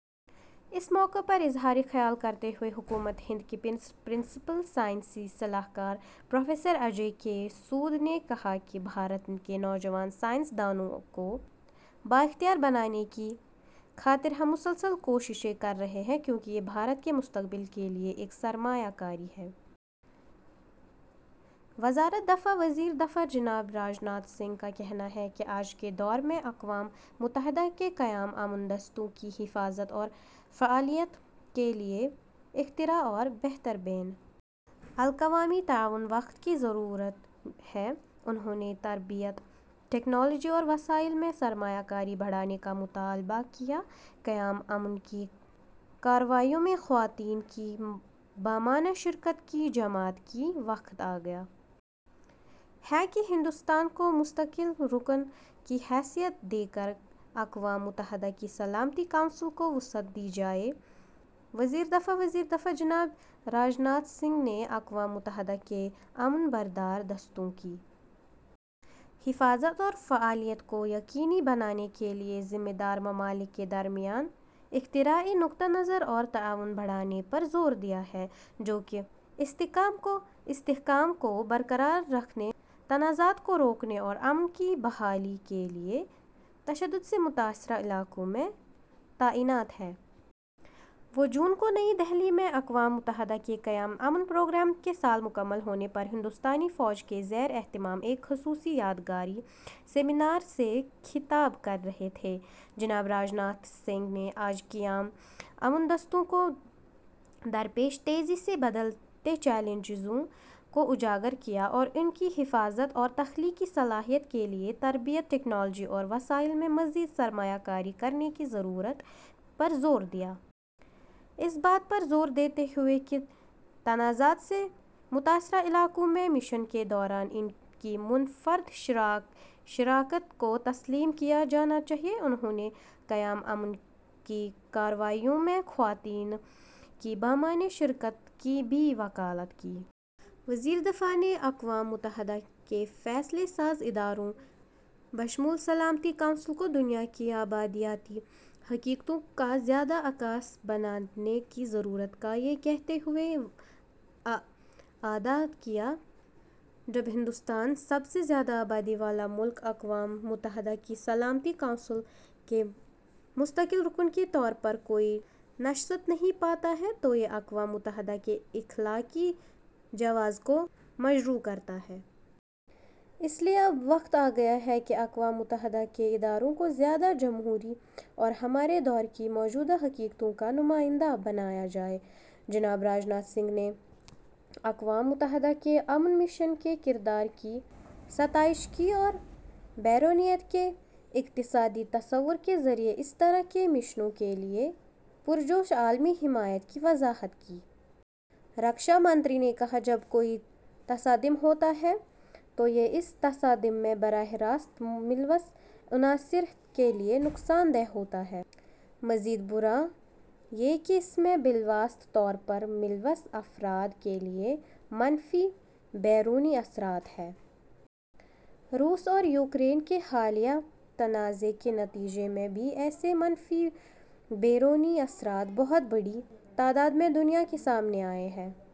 اس موقع پر اظہارخیال کرتے ہوئے ، حکومت ہند کے پرنسپل سائنسی صلاح کار ، پروفیسر اجے کے سود نے کہاکہ ''بھارت کے نوجوان سائنس دانوں کو بااختیاربنانے کی خاطرہم مسلسل کوششیں کررہے ہیں کیونکہ یہ بھارت کےمستقبل کے لئے ایک سرمایہ کاری ہے۔ ''. وزارت دفاع وزیر دفاع جناب راج ناتھ سنگھ کا کہنا ہے کہ آج کے دور میں اقوام متحدہ کے قیام امن دستوں کی حفاظت اور فعالیت کے لیے اختراع اور بہتر بین الاقوامی تعاون وقت کی ضرورت ہے انہوں نے تربیت، ٹیکنالوجی اور وسائل میں سرمایہ کاری بڑھانے کا مطالبہ کیا؛ قیام امن کی کارروائیوں میں خواتین کی بامعنی شرکت کی حمایت کی وقت آگیا ہے کہ ہندوستان کو مستقل رکن کی حیثیت دے کراقوام متحدہ کی سلامتی کونسل کو وسعت دی جائے: وزیردفاع وزیر دفاع جناب راج ناتھ سنگھ نے اقوام متحدہ کے امن بردار دستوں کی حفاظت اور فعالیت کو یقینی بنانے کے لیے ذمہ دار ممالک کے درمیان اختراعی نقطہ نظر اور تعاون بڑھانے پر زور دیا ہے جو کہ استحکام کو برقرار رکھنے، تنازعات کو روکنے اور امن کی بحالی کے لیے تشدد سے متاثرہ علاقوں میں تعینات ہیں۔ وہ جون کو نئی دہلی میں اقوام متحدہ کے قیام امن پروگرام کے سال مکمل ہونے پر ہندوستانی فوج کے زیر اہتمام ایک خصوصی یادگاری سیمینار سے خطاب کر رہے تھے۔ جناب راج ناتھ سنگھ نے آج قیام امن دستوں کو درپیش تیزی سے بدلتے چیلنجوں کو اجاگر کیا اور ان کی حفاظت اور تخلیقی صلاحیت کے لیے تربیت، ٹیکنالوجی اور وسائل میں مزید سرمایہ کاری کرنے کی ضرورت پر زور دیا۔ ، اس بات پر زور دیتے ہوئے کہ تنازعات سے متاثرہ علاقوں میں مشن کے دوران ان کی منفرد شراکت کو تسلیم کیا جانا چاہیے، انہوں نے قیام امن کی کارروائیوں میں خواتین کی بامعنی شرکت کی بھی وکالت کی۔ وزیر دفاع نے اقوام متحدہ کے فیصلہ ساز اداروں بشمول سلامتی کونسل کو دنیا کی آبادیاتی حقیقتوں کا زیادہ عکاس بنانے کی ضرورت کا یہ کہتے ہوئے اعادہ کیا۔ ''جب ہندوستان، سب سے زیادہ آبادی والا ملک، اقوام متحدہ کی سلامتی کونسل کے مستقل رکن کے طور پر کوئی نشست نہیں پاتا ہے، تو یہ اقوام متحدہ کے اخلاقی جواز کو مجروح کرتا ہے۔ اس لیے اب وقت آگیا ہے کہ اقوام متحدہ کے اداروں کو زیادہ جمہوری اور ہمارے دور کی موجودہ حقیقتوں کا نمائندہ بنایا جائے''۔ جناب راج ناتھ سنگھ نے اقوام متحدہ کے امن مشن کے کردار کی ستائش کی اور 'بیرونیت' کے اقتصادی تصور کے ذریعے اس طرح کے مشنوں کے لیے پرجوش عالمی حمایت کی وضاحت کی۔ رکشا منتری نے کہا ''جب کوئی تصادم ہوتا ہے، تو یہ اس تصادم میں براہ راست ملوث عناصر کے لیے نقصان دہ ہوتا ہے۔ مزید برآں یہ کہ اس میں بالواسطہ طور پر ملوث افراد کے لیے منفی بیرونی اثرات ہیں۔ روس اور یوکرین کے حالیہ تنازعےکے نتیجے میں بھی ایسے منفی بیرونی اثرات بہت بڑی تعداد میں دنیا کے سامنے آئے ہیں۔